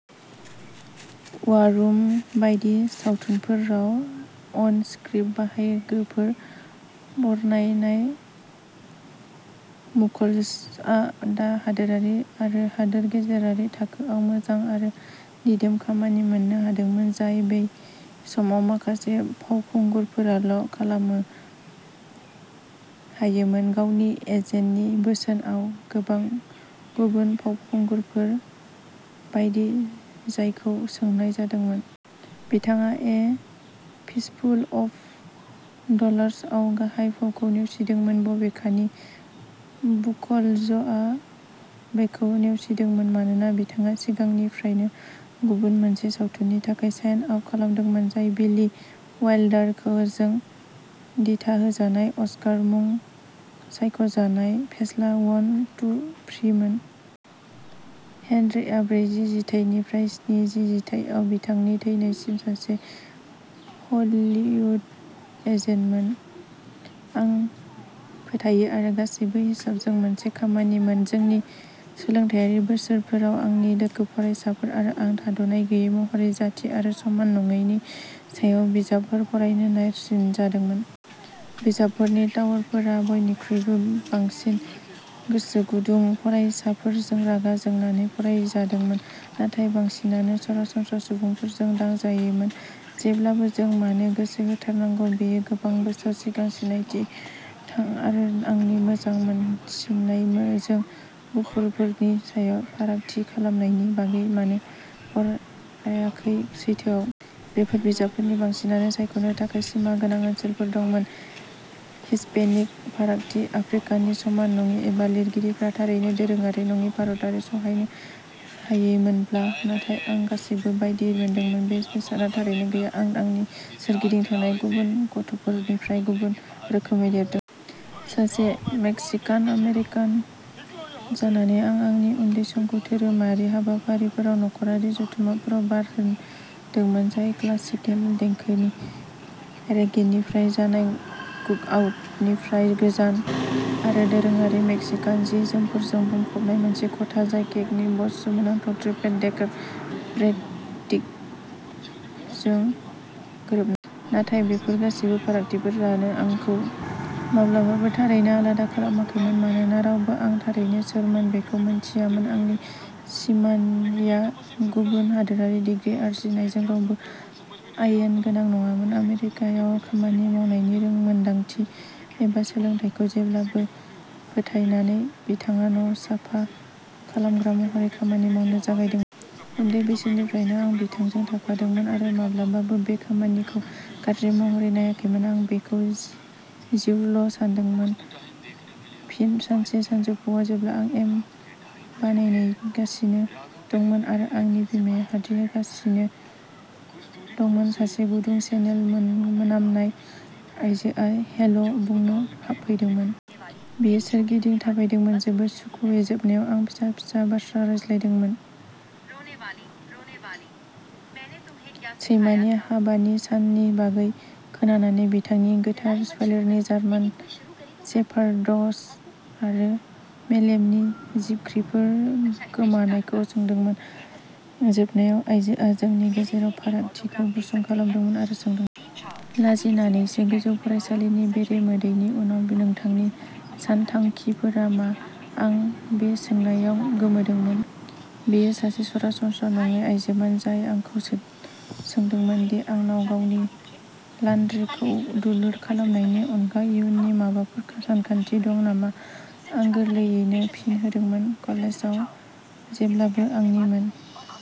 वारुम बायदि सावथुनफोराव on screen बाहागोफोर बरनायनाय। बुख'ल्जआ दा हादोरारि आरो हादोर गेजेरारि थाखोआव मोजां आरो दिदोम खामानि मोननो हादोंमोन। जाय बै समाव माखासे फावखुंगुरफोराल' खालामनो हायोमोन। गावनि एजेन्टनि बोसोनआव गोबां गुबुन फावखुंगुरफोर बायदि जायखौ सोंनाय जादोंमोन। बिथाङा ए फिस्टफुल अफ डलार्सआव गाहाय फावखौ नेवसिदोंमोन। बबेखानि बुख'ल्जआ बेखौ नेवसिदोंमोन। मानोना बिथाङा सिगांनिफ्रायनो गुबुन मोनसे सावथुननि थाखाय साइन आप खालामदोंमोन। जाय बिली वाइल्डारजों दिथाहोजानाय अस्कार मुं सायख' जानाय फेस्ला वन, टु, थ्रीमोन। हेनरीआ ब्रैजि जिथाइनिफ्राय स्निजि जिथाइआव बिथांनि थैनायसिम सासे हलीवुड एजेन्टमोन। आं फोथायो आरो गासैबो हिसाबजों मोनसे खामानिमोन। जोंनि सोलोंथायारि बोसोरफोराव आंनि लोगो फरायसाफोर आरो आं थाद'नाय गैयै महरै जाथि आरो समान नङैनि सायाव बिजाबफोर फरायनो नारसिनजादोंमोन। बिजाबफोरनि टावारफोरा बयनिख्रुइबो बांसिन गोसोगुदुं फरायसाफोरजों रागा जोंनानै फरायजादोंमोन। नाथाय बांसिनानो सरासनस्रा सुबुंफोरजों दांजायैमोन। जेब्लाबो। जों मानो गोसो होथारनांगौ। बेयो गोबां बोसोर सिगां सिगांथिं थां। आरो आंनि मोजां मोनसिननाय जों गुफुरफोरनि सायाव फारागथि खालामनायनि बागै मानो फरायाखै सैथोआव। बेफोर बिजाबफोरनि बांसिनानो सायख'नो थाखाय सिमा गोनां ओनसोलफोर दंमोन। हिस्पेनिक फारागथि। आफ्रिकानि समान नङि एबा लिरगिरिफोरा थारैनो दोरोङारि नङि भारतारि सहायनो हायैमोनब्ला। नाथाय आं गासैबो बायदि मोनदोंमोन। बे बेसादआ थारैनो गैया। आं आंनि सोरगिदिं थानाय गुबुन गथ'फोरनिफ्राय गुबुन रोखोमै देरदोंमोन। सासे मेक्सिकान आमेरिकान जानानै आं आंनि उन्दै समखौ धोरोमारि हाबाफारिफोराव नखरारि जथुमफोराव बारहोदोंमोन। जाय क्लासिकेल देंखोनि रेगेनिफ्राय जानाय कुकआउटनिफ्राय गोजान आरो दोरोङारि मेक्सिकान जि-जोमफोरजों बुंफबनाय मोनसे खथा। जाय केक बसनि सोमोनांथाव ट्रिपल-डेकर पेस्ट्रीजों गोरोबनाय। नाथाय बेफोर गासैबो फारागथिफोराबो आंखौ माब्लाबाबो थारैनो आलादा खालामाखैमोन। मानोना रावबो आं थारैनो सोरमोन बेखौ मिथियामोन। आंनि बिमाया गुबुन हादोराव डिग्री आरजिनायजों रावबो आयेन गोनां नङामोन। आमेरिकायाव खामानि मावनायनि रोंमोनदांथि एबा सोलोंथाइखौ जेब्लाबो फोथायनानै बिथाङा न'साफा खालामग्रा महरै खामानि मावनो जागायदोंमोन। उन्दै बैसोनिफ्रायनो आं बिथांजों थाफादोंमोन आरो माब्लाबाबो बे खामानिखौ गाज्रि महरै नायाखैमोन। आं बेखौ जिउल' सानदोंमोन। फिन सानसे सानजौफुआव जेब्ला आं एम बानायगासिनो दंमोन आरो आंनि बिमाया हाद्रि गासिनो दंमोन। सासे गुदुं चेनेल मोनामनाय आयजोआ हेल' बुंनो हाबफैदोंमोन। बियो सोरगिदिं थाबायदोंमोन। जोबोद सुखुयै। जोबनायाव आं फिसा-फिसा बाथ्रा रायज्लायदोंमोन। सैमानि हाबानि साननि बागै खोनानानै बिथांनि गोथार फोलेरनि जार्मान सेफारडस आरो मेलेमनि जिबख्रिफोर गोमानायखौ सोंदोंमोन। जोबनायाव आइजोआ जोंनि गेजेराव फारागथिखौ गुसुं खालामदोंमोन आरो सोंदोंमोन। लाजिनानैसो गोजौ फरायसालिनि बेरे मोदैनि उनाव नोंथांनि सानथांखिफोरा मा? आं बे सोंनायाव गोमोदोंमोन। बियो सासे सरासनस्रा नङै आइजोमोन। जाय आंखौ सोंदोंमोन दि आंनाव गावनि लानड्रिखौ दुलुर खालामनायनि अनगा इयुननि माबाफोर सानथांखि दं नामा। आं गोरलैयैनो फिन होदोंमोन। कलेजआ जेब्लाबो आंनिमोन।